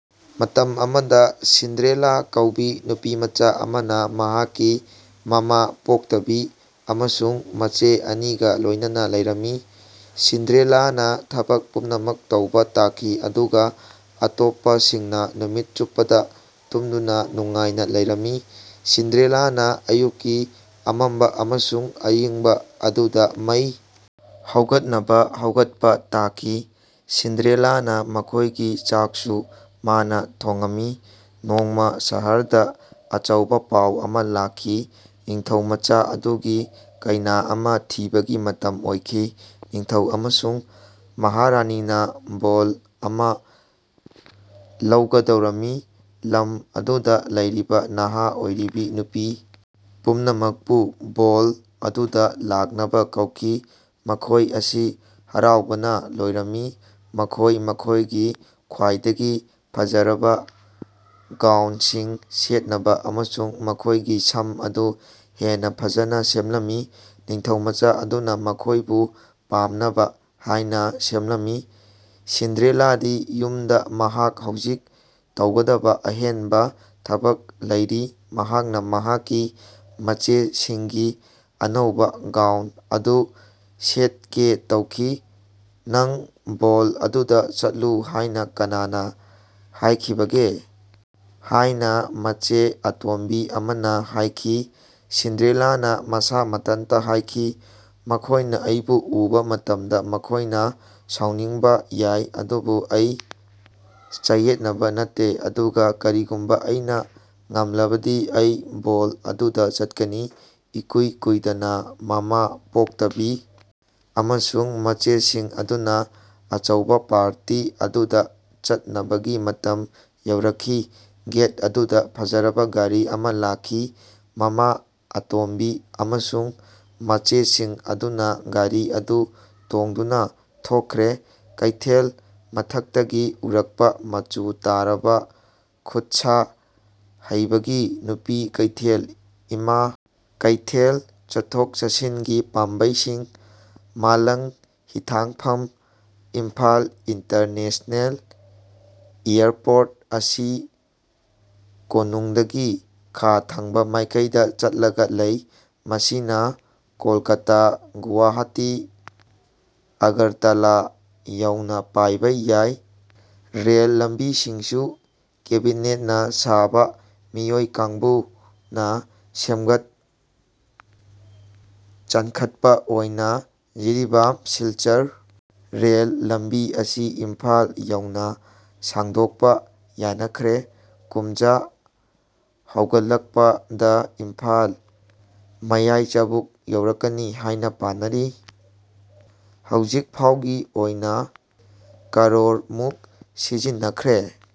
ꯃꯇꯝ ꯑꯃꯗ ꯁꯤꯟꯗ꯭ꯔꯦꯂꯥ ꯀꯧꯕꯤ ꯅꯨꯄꯤꯃꯆꯥ ꯑꯃꯅ ꯃꯍꯥꯛꯀꯤ ꯃꯃꯥ ꯄꯣꯛꯇꯕꯤ ꯑꯃꯁꯨꯡ ꯃꯆꯦ ꯑꯅꯤꯒ ꯂꯣꯏꯅꯅ ꯂꯩꯔꯝꯃꯤ꯫ ꯁꯤꯟꯗ꯭ꯔꯦꯂꯥꯅ ꯊꯕꯛ ꯄꯨꯝꯅꯃꯛ ꯇꯧꯕ ꯇꯥꯈꯤ ꯑꯗꯨꯒ ꯑꯇꯣꯞꯄꯁꯤꯡꯅ ꯅꯨꯃꯤꯠ ꯆꯨꯞꯄꯗ ꯇꯨꯝꯗꯨꯅ ꯅꯨꯡꯉꯥꯏꯅ ꯂꯩꯔꯝꯃꯤ꯫ ꯁꯤꯟꯗ꯭ꯔꯦꯂꯥꯅ ꯑꯌꯨꯛꯀꯤ ꯑꯃꯝꯕ ꯑꯃꯁꯨꯡ ꯑꯏꯪꯕ ꯑꯗꯨꯗ ꯃꯩ ꯍꯧꯒꯠꯅꯕ ꯍꯧꯒꯠꯄ ꯇꯥꯈꯤ꯫ ꯁꯤꯟꯗ꯭ꯔꯦꯂꯥꯅ ꯃꯈꯣꯏꯒꯤ ꯆꯥꯛꯁꯨ ꯃꯥꯅ ꯊꯣꯉꯝꯃꯤ꯫ ꯅꯣꯡꯃ ꯁꯍꯔꯗ ꯑꯆꯧꯕ ꯄꯥꯎ ꯑꯃ ꯂꯥꯛꯈꯤ꯫ ꯅꯤꯡꯊꯧꯃꯆꯥ ꯑꯗꯨꯒꯤ ꯀꯩꯅꯥ ꯑꯃ ꯊꯤꯕꯒꯤ ꯃꯇꯝ ꯑꯣꯏꯈꯤ꯫ ꯅꯤꯡꯊꯧ ꯑꯃꯁꯨꯡ ꯃꯍꯥꯔꯥꯅꯤꯅ ꯕꯣꯜ ꯑꯃ ꯂꯧꯒꯗꯧꯔꯝꯃꯤ꯫ ꯂꯝ ꯑꯗꯨꯗ ꯂꯩꯔꯤꯕ ꯅꯍꯥ ꯑꯣꯏꯔꯤꯕꯤ ꯅꯨꯄꯤ ꯄꯨꯝꯅꯃꯛꯄꯨ ꯕꯣꯜ ꯑꯗꯨꯗ ꯂꯥꯛꯅꯕ ꯀꯧꯈꯤ꯫ ꯃꯈꯣꯏ ꯑꯁꯤ ꯍꯔꯥꯎꯕꯅ ꯂꯣꯏꯔꯝꯃꯤ꯫ ꯃꯈꯣꯏꯅ ꯃꯈꯣꯏꯒꯤ ꯈ꯭ꯋꯥꯏꯗꯒꯤ ꯐꯖꯔꯕ ꯒꯥꯎꯟꯁꯤꯡ ꯁꯦꯠꯅꯕ ꯑꯃꯁꯨꯡ ꯃꯈꯣꯏꯒꯤ ꯁꯝ ꯑꯗꯨ ꯍꯦꯟꯅ ꯐꯖꯅ ꯁꯦꯝꯂꯝꯃꯤ꯫ ꯅꯤꯡꯊꯧꯃꯆꯥ ꯑꯗꯨꯅ ꯃꯈꯣꯏꯕꯨ ꯄꯥꯝꯅꯕ ꯍꯥꯏꯅ ꯁꯦꯝꯂꯝꯃꯤ꯫ ꯁꯤꯟꯗ꯭ꯔꯦꯂꯥꯗꯤ ꯌꯨꯝꯗ ꯃꯍꯥꯛ ꯍꯧꯖꯤꯛ ꯇꯧꯒꯗꯕ ꯑꯍꯦꯟꯕ ꯊꯕꯛ ꯂꯩꯔꯤ꯫ ꯃꯍꯥꯛꯅ ꯃꯍꯥꯛꯀꯤ ꯃꯆꯦꯁꯤꯡꯒꯤ ꯑꯅꯧꯕ ꯒꯥꯎꯟ ꯑꯗꯨ ꯁꯦꯠꯀꯦ ꯇꯧꯈꯤ꯫ "ꯅꯪ ꯕꯣꯜ ꯑꯗꯨꯗ ꯆꯠꯂꯨ ꯍꯥꯏꯅ ꯀꯅꯥꯅ ꯍꯥꯏꯈꯤꯕꯒꯦ? " ꯍꯥꯏꯅ ꯃꯆꯦ ꯑꯇꯣꯝꯕꯤ ꯑꯃꯅ ꯍꯥꯏꯈꯤ꯫ ꯁꯤꯟꯗ꯭ꯔꯦꯂꯥꯅ ꯃꯁꯥ ꯃꯊꯟꯇ ꯍꯥꯏꯈꯤ, "ꯃꯈꯣꯏꯅ ꯑꯩꯕꯨ ꯎꯕ ꯃꯇꯝꯗ ꯃꯈꯣꯏꯅ ꯁꯥꯎꯅꯤꯡꯕ ꯌꯥꯏ, ꯑꯗꯨꯕꯨ ꯑꯩ ꯆꯌꯦꯠꯅꯕ ꯅꯠꯇꯦ꯫ ꯑꯗꯨꯒ ꯀꯔꯤꯒꯨꯝꯕ ꯑꯩꯅ ꯉꯝꯂꯕꯗꯤ ꯑꯩ ꯕꯣꯜ ꯑꯗꯨꯗ ꯆꯠꯀꯅꯤ꯫" ꯏꯀꯨꯏ ꯀꯨꯏꯗꯅ ꯃꯃꯥ ꯄꯣꯛꯇꯕꯤ ꯑꯃꯁꯨꯡ ꯃꯆꯦꯁꯤꯡ ꯑꯗꯨꯅ ꯑꯆꯧꯕ ꯄꯥꯔꯇꯤ ꯑꯗꯨꯗ ꯆꯠꯅꯕꯒꯤ ꯃꯇꯝ ꯌꯧꯔꯛꯈꯤ꯫ ꯒꯦꯠ ꯑꯗꯨꯗ ꯐꯖꯔꯕ ꯒꯥꯔꯤ ꯑꯃ ꯂꯥꯛꯈꯤ꯫ ꯃꯃꯥ ꯑꯇꯣꯝꯕꯤ ꯑꯃꯁꯨꯡ ꯃꯆꯦꯁꯤꯡ ꯑꯗꯨꯅ ꯒꯥꯔꯤ ꯑꯗꯨ ꯇꯣꯡꯗꯨꯅ ꯊꯣꯛꯈ꯭ꯔꯦ꯫ ꯀꯩꯊꯦꯜ ꯃꯊꯛꯇꯒꯤ ꯎꯔꯛꯄ ꯃꯆꯨ ꯇꯥꯔꯕ ꯈꯨꯠꯁꯥꯍꯩꯕꯒꯤ ꯅꯨꯄꯤ ꯀꯩꯊꯦꯜ (ꯏꯃꯥ ꯀꯩꯊꯦꯜ), ꯆꯠꯊꯣꯛ ꯆꯠꯁꯤꯟꯒꯤ ꯄꯥꯝꯕꯩꯁꯤꯡ ꯃꯥꯂꯪꯍꯤꯊꯥꯡꯐꯝ ꯏꯝꯐꯥꯜ ꯏꯟꯇꯔꯅꯦꯁꯅꯦꯜ ꯏꯌꯥꯔꯄꯣꯔꯠ ꯑꯁꯤ ꯀꯣꯅꯨꯡꯗꯒꯤ ꯈꯥ ꯊꯪꯕ ꯃꯥꯏꯀꯩꯗ ꯆꯠꯂꯒ ꯂꯩ꯫ ꯃꯁꯤꯅ ꯀꯣꯜꯀꯇꯥ, ꯒꯨꯋꯥꯍꯥꯇꯤ, ꯑꯒꯔꯇꯥꯂꯥ ꯌꯧꯅ ꯄꯥꯏꯕ ꯌꯥꯏ꯫ ꯔꯦꯜ ꯂꯝꯕꯤꯁꯤꯡꯁꯨ ꯀꯦꯕꯤꯅꯦꯠꯅ ꯁꯥꯕ ꯃꯤꯑꯣꯏ ꯀꯥꯡꯕꯨꯅ ꯁꯦꯝꯒꯠ ꯆꯟꯈꯠꯄ ꯑꯣꯏꯅ ꯖꯤꯔꯤꯕꯥꯝ ꯁꯤꯜꯆꯔ ꯔꯦꯜ ꯂꯝꯕꯤ ꯑꯁꯤ ꯏꯝꯐꯥꯜ ꯌꯧꯅ ꯁꯥꯡꯗꯣꯛꯄꯗ ꯌꯥꯅꯈ꯭ꯔꯦ꯫ ꯀꯨꯝꯖ ꯍꯧꯒꯠꯂꯛꯄꯗ ꯏꯝꯐꯥꯜ ꯃꯌꯥꯏꯆꯕꯨꯛ ꯌꯧꯔꯛꯀꯅꯤ ꯍꯥꯏꯅ ꯄꯥꯅꯔꯤ꯫ ꯍꯧꯖꯤꯛꯐꯥꯎꯒꯤ ꯑꯣꯏꯅ ꯀꯔꯣꯔ ꯃꯨꯛ ꯁꯤꯖꯤꯟꯅꯈ꯭ꯔꯦ꯫